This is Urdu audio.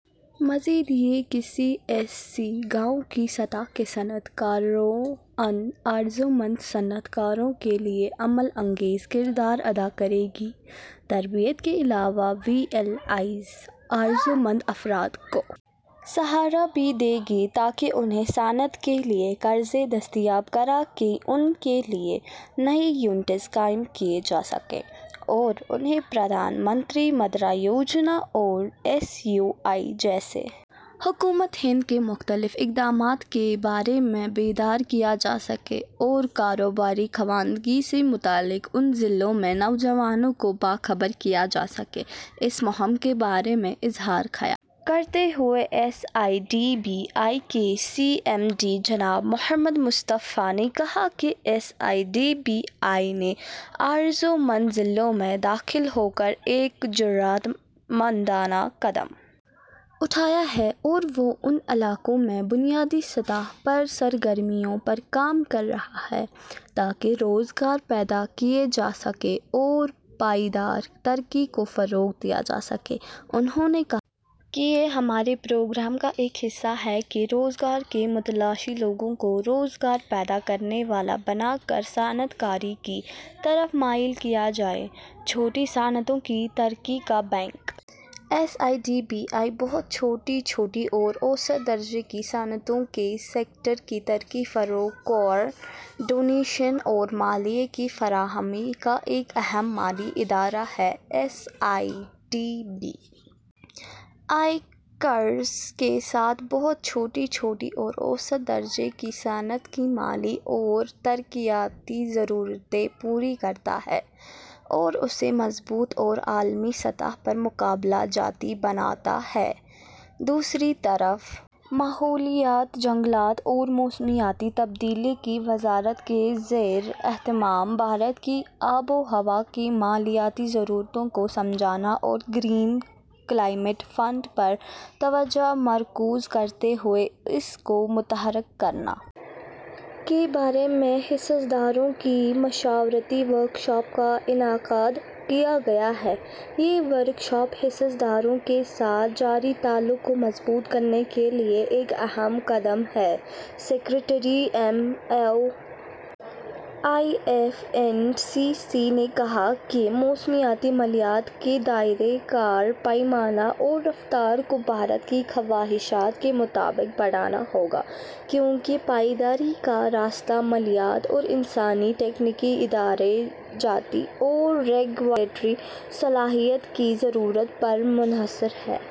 مزید یہ کہ سی ایس سی گاؤں کی سطح کے صنعت کاروں ان آرزومند صنعت کاروں کے لیے عمل انگیز کردار ادا کرے گی تربیت کے علاوہ وی ایل ایز آرزومند افراد کو سہارا بھی دیں گی تاکہ انہیں صنعت کے لیے قرضے دستیاب کرا کے ان کے لیے نئے یونٹس قائم کیے جا سکیں اور انہیں پردھان منتری مدرا یوجنا اور ایس یو آئی جیسے حکومت ہند کے مختلف اقدامات کے بارے میں بیدار کیا جا سکے اور کاروباری خواندگی سے متعلق ان ضلعوں میں نوجوانوں کو باخبر کیا جا سکے اس مہم کے بارے میں اظہار خیال کرتے ہوئے S I D B I کے سی ایم ڈی جناب محمد مصطفیٰ نے کہا کہ S I D B I نے آرزومند ضلعوں میں داخل ہو کر ایک جرات مندانہ قدم اٹھایا ہے اور وہ ان علاقوں میں بنیادی سطح پر سرگرمیوں پر کام کر رہا ہے تاکہ روزگار پیدا کیے جا سکیں اور پائیدار ترقی کو فروغ دیا جا سکے انہوں نے کہا کہ یہ ہمارے پروگرام کا ایک حصہ ہے کہ روزگار کے متلاشی لوگوں کو روزگار پیدا کرنے والا بنا کر صنعت کاری کی طرف مائل کیا جائے چھوٹی صنعتوں کی ترقی کا bank S I D B I بہت چھوٹی چھوٹی اور اوسط درجے کی صنعتوں کے سیکٹر کی ترقی فروغ کوآرڈینیشن اور مالیے کی فراہمی کا ایک اہم مالی ادارہ ہے S I D B I قرض کے ساتھ بہت چھوٹی چھوٹی اور اوسط درجے کی صنعت کی مالی اور ترقیاتی ضرورتیں پوری کرتا ہے اور اسے مضبوط اور عالمی سطح پر مقابلہ جاتی بناتا ہے دوسری طرف ماحولیات جنگلات اور موسمیاتی تبدیلی کی وزارت کے زیر اہتمام بھارت کی آب و ہوا کی مالیاتی ضرورتوں کو سمجھنا اور گرین کلائمیٹ فنڈ پر توجہ مرکوز کرتے ہوئے اس کو متحرک کرنا کے بارے میں حصص داروں کی مشاورتی ورکشاپ کا انعقاد کیا گیا ہے یہ ورکشاپ حصص داروں کے ساتھ جاری تعلق کو مضبوط کرنے کے لیے ایک اہم قدم ہے secretary M O E F and C C نے کہا کہ موسمیاتی مالیات کے دائرہ کار پیمانہ اور رفتار کو بھارت کی خواہشات کے مطابق بڑھانا ہوگا کیونکہ پائیداری کا راستہ مالیات اور انسانی تکنیکی ادارہ جاتی اور ریگولیٹری صلاحیت کی ضرورت پر منحصر ہے